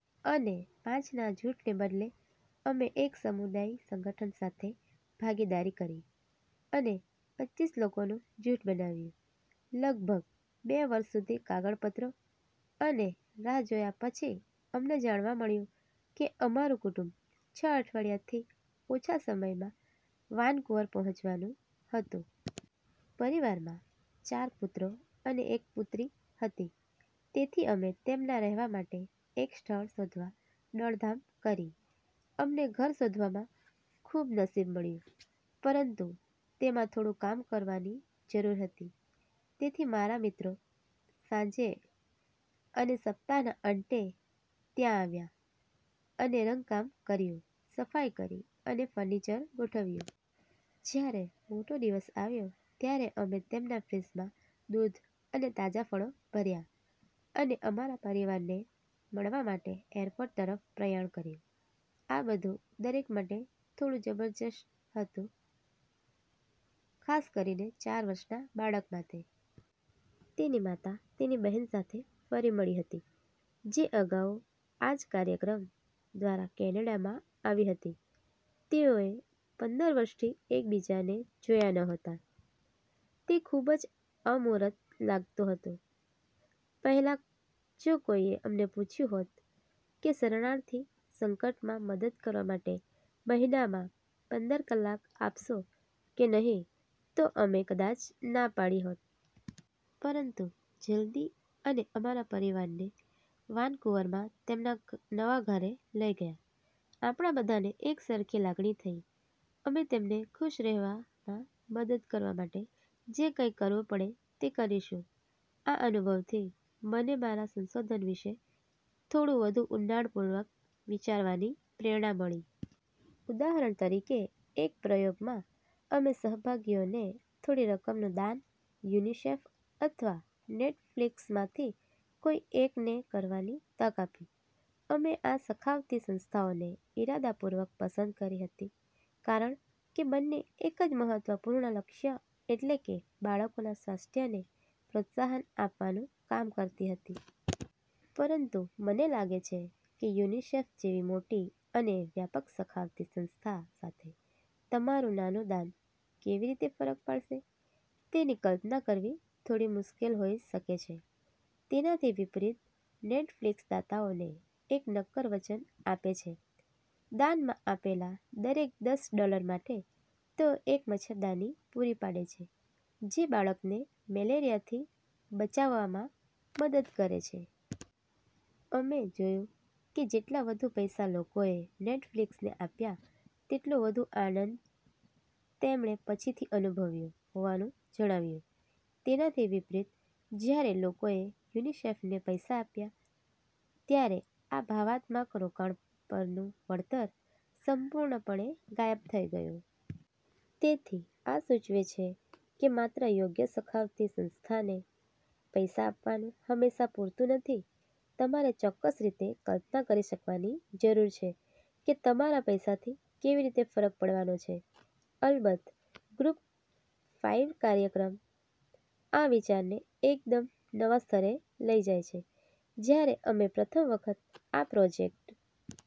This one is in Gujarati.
અને પાંચના જૂથને બદલે, અમે એક સમુદાય સંગઠન સાથે ભાગીદારી કરી અને પચીસ લોકોનું જૂથ બનાવ્યું. લગભગ બે વર્ષ સુધી કાગળપત્રો અને રાહ જોયા પછી, અમને જાણવા મળ્યું કે અમારું કુટુંબ છ અઠવાડિયાથી ઓછા સમયમાં વાનકુવર પહોંચવાનું હતું. પરિવારમાં ચાર પુત્રો અને એક પુત્રી હતી. તેથી અમે તેમના રહેવા માટે એક સ્થળ શોધવા દોડધામ કરી. અમને ઘર શોધવામાં ખૂબ નસીબ મળ્યું, પરંતુ તેમાં થોડું કામ કરવાની જરૂર હતી. તેથી મારા મિત્રો સાંજે અને સપ્તાહના અંતે ત્યાં આવ્યા અને રંગકામ કર્યું, સફાઈ કરી અને ફર્નિચર ગોઠવ્યું. જ્યારે મોટો દિવસ આવ્યો, ત્યારે અમે તેમના ફ્રિજમાં દૂધ અને તાજાં ફળો ભર્યાં અને અમારા પરિવારને મળવા માટે એરપોર્ટ તરફ પ્રયાણ કર્યું. આ બધું દરેક માટે થોડું જબરજસ્ત હતું, ખાસ કરીને ચાર વર્ષના બાળક માટે. તેની માતા તેની બહેન સાથે ફરી મળી હતી, જે અગાઉ આ જ કાર્યક્રમ દ્વારા કેનેડા આવી હતી. તેઓએ પંદર વર્ષથી એકબીજાને જોયા નહોતા. તે ખૂબ જ અમૂર્ત લાગતું હતું. પહેલાં, જો કોઈએ અમને પૂછ્યું હોત કે શરણાર્થી સંકટમાં મદદ કરવા માટે મહિનામાં પંદર કલાક આપશો કે નહીં, તો અમે કદાચ ના પાડી હોત. પરંતુ જલદી અમે અમારા પરિવારને વાનકુવરમાં તેમના નવા ઘરે લઈ ગયા, આપણા બધાને એકસરખી લાગણી થઈ: અમે તેમને ખુશ રહેવામાં મદદ કરવા માટે જે કંઈ કરવું પડે તે કરીશું. આ અનુભવથી મને મારા સંશોધન વિશે થોડું વધુ ઊંડાણપૂર્વક વિચારવાની પ્રેરણા મળી. ઉદાહરણ તરીકે, એક પ્રયોગમાં અમે સહભાગીઓને થોડી રકમનું દાન યુનિસેફ અથવા નેટફ્લિક્સમાંથી કોઈ એકને કરવાની તક આપી. અમે આ સખાવતી સંસ્થાઓને ઇરાદાપૂર્વક પસંદ કરી હતી, કારણ કે બંને એક જ મહત્વપૂર્ણ લક્ષ્ય, એટલે કે બાળકોના સ્વાસ્થ્યને પ્રોત્સાહન આપવાનું કામ કરતી હતી. પરંતુ મને લાગે છે કે યુનિસેફ જેવી મોટી અને વ્યાપક સખાવતી સંસ્થા સાથે, તમારું નાનું દાન કેવી રીતે ફરક પાડશે તેની કલ્પના કરવી થોડી મુશ્કેલ હોઈ શકે છે. તેનાથી વિપરીત, નેટફ્લિક્સ દાતાઓને એક નક્કર વચન આપે છે: દાનમાં આપેલા દરેક દસ ડોલર માટે તેઓ એક મચ્છરદાની પૂરી પાડે છે, જે બાળકને મેલેરિયાથી બચાવવામાં મદદ કરે છે. અમે જોયું કે જેટલા વધુ પૈસા લોકોએ નેટફ્લિક્સને આપ્યા, તેટલો વધુ આનંદ તેમણે પછીથી અનુભવ્યો હોવાનું જણાવ્યું. તેનાથી વિપરીત, જ્યારે લોકોએ યુનિસેફને પૈસા આપ્યા ત્યારે આ ભાવનાત્મક રોકાણ પરનું વળતર સંપૂર્ણપણે ગાયબ થઈ ગયું. તેથી આ સૂચવે છે કે માત્ર યોગ્ય સખાવતી સંસ્થાને પૈસા આપવું હંમેશાં પૂરતું નથી. તમારે ચોક્કસ રીતે કલ્પના કરી શકવાની જરૂર છે કે તમારા પૈસાથી કેવી રીતે ફરક પડવાનો છે. અલબત્ત, ગ્રુપ ફાઇવ કાર્યક્રમ આ વિચારને એકદમ નવા સ્તરે લઈ જાય છે. જ્યારે અમે પ્રથમ વખત આ પ્રોજેક્ટ...